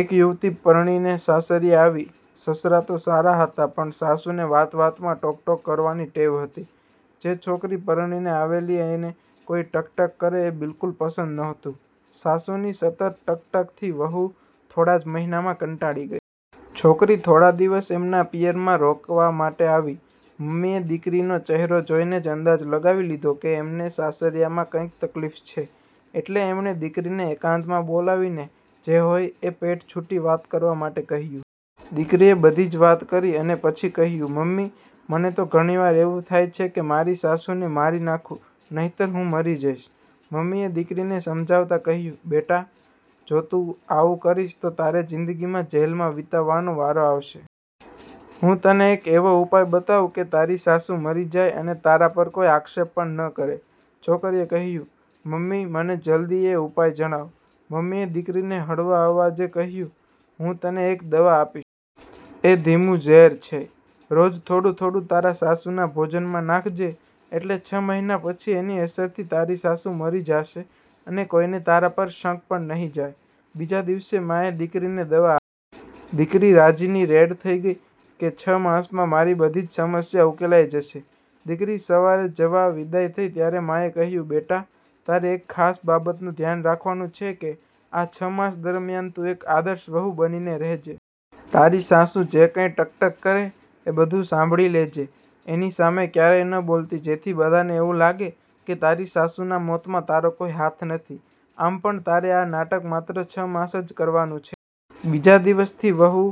એક યુવતી પરણીને સાસરીએ આવી. સસરા તો સારા હતા પણ સાસુને વાત વાતમાં ટોક ટોક કરવાની ટેવ હતી. જે છોકરી પરણીને આવેલી એને કોઇ ટક ટક કરે એ બીલકુલ પસંદ નહોતું. સાસુની સતત ટક ટકથી વહુ થોડા જ મહીનામાં કંટાળી ગઇ. છોકરી થોડા દિવસ એમના પિયરમાં રોકાવા માટે આવી. મમ્મીએ દિકરીનો ચહેરો જોઇને જ અંદાજ લગાવી લીધો કે એમને સાસરીયામાં કંઇક તકલીફ છે એટલે એમણે દિકરીને એકાંતમાં બોલાવીને જે હોય એ પેટ છુટી વાત કરવા માટે કહ્યુ. દિકરીએ બધી જ વાત કરી અને પછી કહ્યુ, મમ્મી મને તો ઘણીવાર એવું થાય છે કે મારી સાસુને મારી નાંખુ નહીતર હું મરી જઇશ. મમ્મીએ દિકરીને સમજાવતા કહ્યુ, બેટા. જો તું આવુ કરીશ તો તારે જીંદગી જેલમાં વિતાવવનો વારો આવશે. હું તને એક એવો ઉપાય બતાવું કે તારી સાસુ મરી જાય અને તારા પર કોઇ આક્ષેપ પણ ન કરે. છોકરીએ કહ્યુ, મમ્મી મને જલદી એ ઉપાય જણાવ. મમ્મીએ દિકરીને હળવા અવાજે કહ્યુ, હું તને એક દવા આપી એ ધીમુ ઝેર છે. રોજ થોડું થોડું તારા સાસુના ભોજનમાં નાંખજે એટલે છ મહીના પછી એની અસરથી તારી સાસુ મરી જાશે અને કોઇને તારા પર શંકા પણ નહી જાય. બીજા દિવસે માએ દિકરીને એક દવા આ દિકરી રાજીની રેડ થઇ ગઇ કે છ માસમાં મારી બધી જ સમસ્યા ઉકેલાઇ જશે. દિકરી સવારે જવા વિદાઇ થઇ ત્યારે માએ એને કહ્યુ, બેટા, તારે એક ખાસ બાબતનું ધ્યાન રાખવાનું છે કે આ છ માસ દરમ્યાન તું એક આદર્શ વહુ બનીને રહેજે. તારી સાસુ જે કંઇ ટક ટક કરે એ બધુ સાંભળી લે જે એની સામે ક્યારેય ન બોલતી જેથી બધાને એવું લાગે કે તારી સાસુના મોતમાં તારો કોઇ હાથ નથી. આમ પણ તારે આ નાટક માત્ર છ માસ જ કરવાનું છે. બીજા દિવસથી વહુ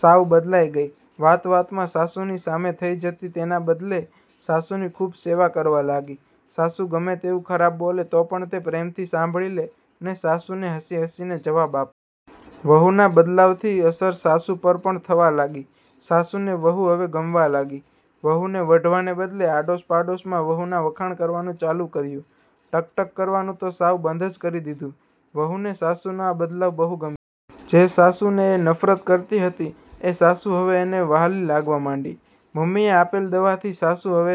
સાવ બદલાઇ ગઇ. વાત વાતમાં સાસુની સામે થઇ જતી એના બદલે સાસુની ખુબ સેવા કરવા લાગી. સાસુ ગમે તેવુ ખરાબ બોલે તો પણ તે પ્રેમથી સાંભળી લે અને સાસુને હસી હસીને જવાબ આપ. વહુના બદલાવથી અસર સાસુ પર પણ થવા લાગી. સાસુને વહુ હવે ગમવા લાગી. વહુને વઢવાને બદલે આડોશ પાડોશમાં વહુના વખાણ કરવાનું ચાલુ કર્યુ. ટક ટક કરવાનું તો સાવ બંધ જ કરી દીધુ. વહુને સાસુનો આ બદલાવ બહુ ગમ્ જે સાસુને એ નફરત કરતી હતી એ સાસુ હવે એને વહાલી લાગવા માંડી. મમ્મીએ આપેલી દવાથી સાસુ હવે